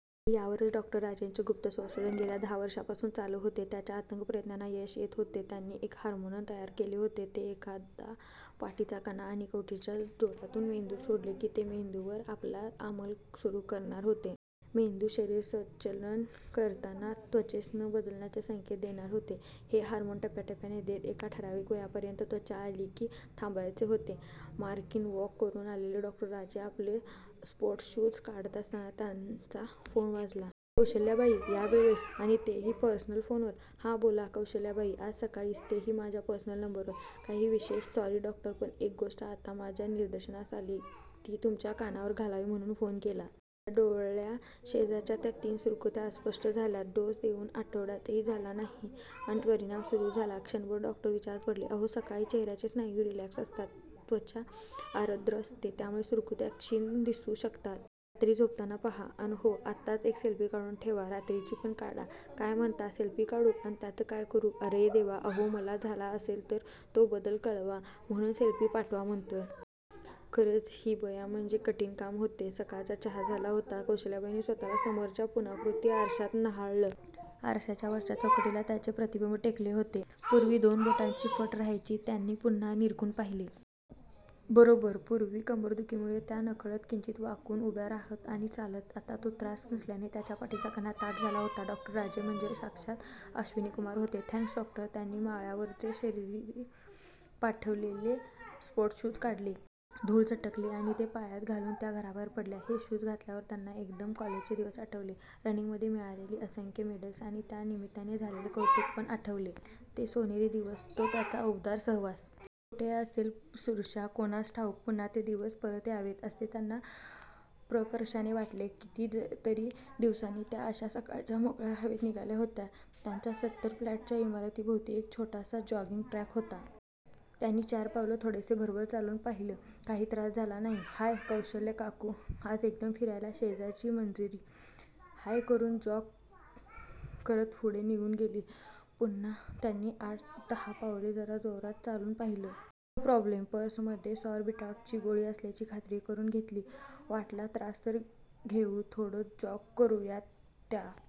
आणि यावरच डॉ. राजेंचे गुप्त संशोधन गेल्या दहा वर्षांपासून चालू होते! त्यांच्या अथक प्रयत्नांना यश येत होते! त्यांनी एक हार्मोन तयार केले होते. ते एकदा पाठीचा कणा आणि कवटीच्या जोडातून मेंदूत सोडले कि ते मेंदूवर आपला आमल सुरु करणार होते. मेंदू शरीरसंचलन करताना, त्वचेस न बदलण्याचे संकेत देणार होते! हे हार्मोन टप्या -टप्याने देत एका ठराविक वया पर्यंत त्वचा आली कि थांबायचे होते. मॉर्निगवॉक करून आलेलं डॉ. राजे आपले स्पोर्टशूज काढत असताना त्यांचा फोन वाजला. कौसल्याबाई? या वेळेस? आणि तेही पर्सनल फोनवर? "हा, बोला कौसल्याबाई. आज सकाळीच? तेही माझ्या पर्सनल नंबरवर? काही विशेष? " "सॉरी डॉक्टर, पण एक गोष्ट आत्ता माझ्या निदर्शनास आलीय. ती तुमच्या कानावर घालावी म्हणून फोन केला. " "माझ्या डोळ्या शेजारच्या त्या तीन सुरकुत्या अस्पष्ट झाल्यात! " डोस देऊन आठवडाही झाला नाही अन परिणाम सुरु झाला? क्षणभर डॉक्टर विचारात पडले. "अहो, सकाळी चेहऱ्याचे स्नायू रिलॅक्स असतात, त्वचा आरद्र असते, त्यामुळे सुरकुत्या क्षीण दिसू शकतात! रात्री झोपताना पहा! अन हो, आत्ताचा एक सेल्फी काढून ठेवा! रात्रीची पण काढा! " "काय म्हणता? सेल्फी काढू? अन त्याच काय करू? " "अरे देवा! अहो मला, झाला असेल तर, तो बदल कळवा, म्हणून सेल्फी पाठवा म्हणतोय! " खरच हि बया म्हणजे कठीण काम होते. सकाळचा चहा झाला होता. कौसल्याबाईंनी स्वतःला समोरच्या पूर्णाकृती आरश्यात न्याहाळलं. आरशाच्या वरच्या चौकटीला त्यांचे प्रतिबिंब टेकले होते. पूर्वी दोन बोटांची फट रहायची! त्यांनी पुन्हा निरखून पहिले. बरोबर! पूर्वी कंबरदुखीमुळे त्या नकळत किंचित वाकून उभ्या राहत आणि चालत. आता तो त्रास नसल्याने त्यांच्या पाठीचा कणा ताठ झाला होता! डॉ. राजे म्हणजे साक्षात 'अश्विनीकुमार' होते! Thanks doctor! त्यांनी माळ्यावरचे, शरीने पाठवलेले स्पोर्टशूज काढले. धूळ झटकली आणि ते पायात घालून त्या घराबाहेर पडल्या. हे शूज घातल्यावर त्यांना एकदम कॉलेजचे दिवस आठवले. रनिंगमध्ये मिळालेली असंख्य मेडल्स आणि त्या निमित्याने झालेले कौतुक पण आठवले! ते सोनेरी दिवस! तो त्याचा उबदार सहवास! कुठे असेल सुरश्या, कोणास ठाऊक? पुन्हा ते दिवस परत यावेत, असे त्यांना प्रकर्षाने वाटले. किती तरी दिवसांनी, त्या अश्या सकाळच्या मोकळ्या हवेत निघाल्या होत्या. त्यांच्या सत्तर फ्लॅटच्या इमारती भोवती एक छोटासा जॉगिंग ट्राक होता. त्यांनी चार पावलं थोडेसे भरभर चालून पहिले. काही त्रास झाला नाही. "हाय, कौशल्यकाकू! आज एकदम फिरायला? " शेजारची मंजिरी, हाय करून जॉग करत पुढे निघून गेली. पुन्हा त्यांनी आठ दहा पावले जरा जोरात चालून पहिले. No problem! पर्स मध्ये सॉरबिटॉटची गोळी असल्याची खात्री करून घेतली. वाटला त्रास तर घेऊ.थोडं जॉग करूयात! त्या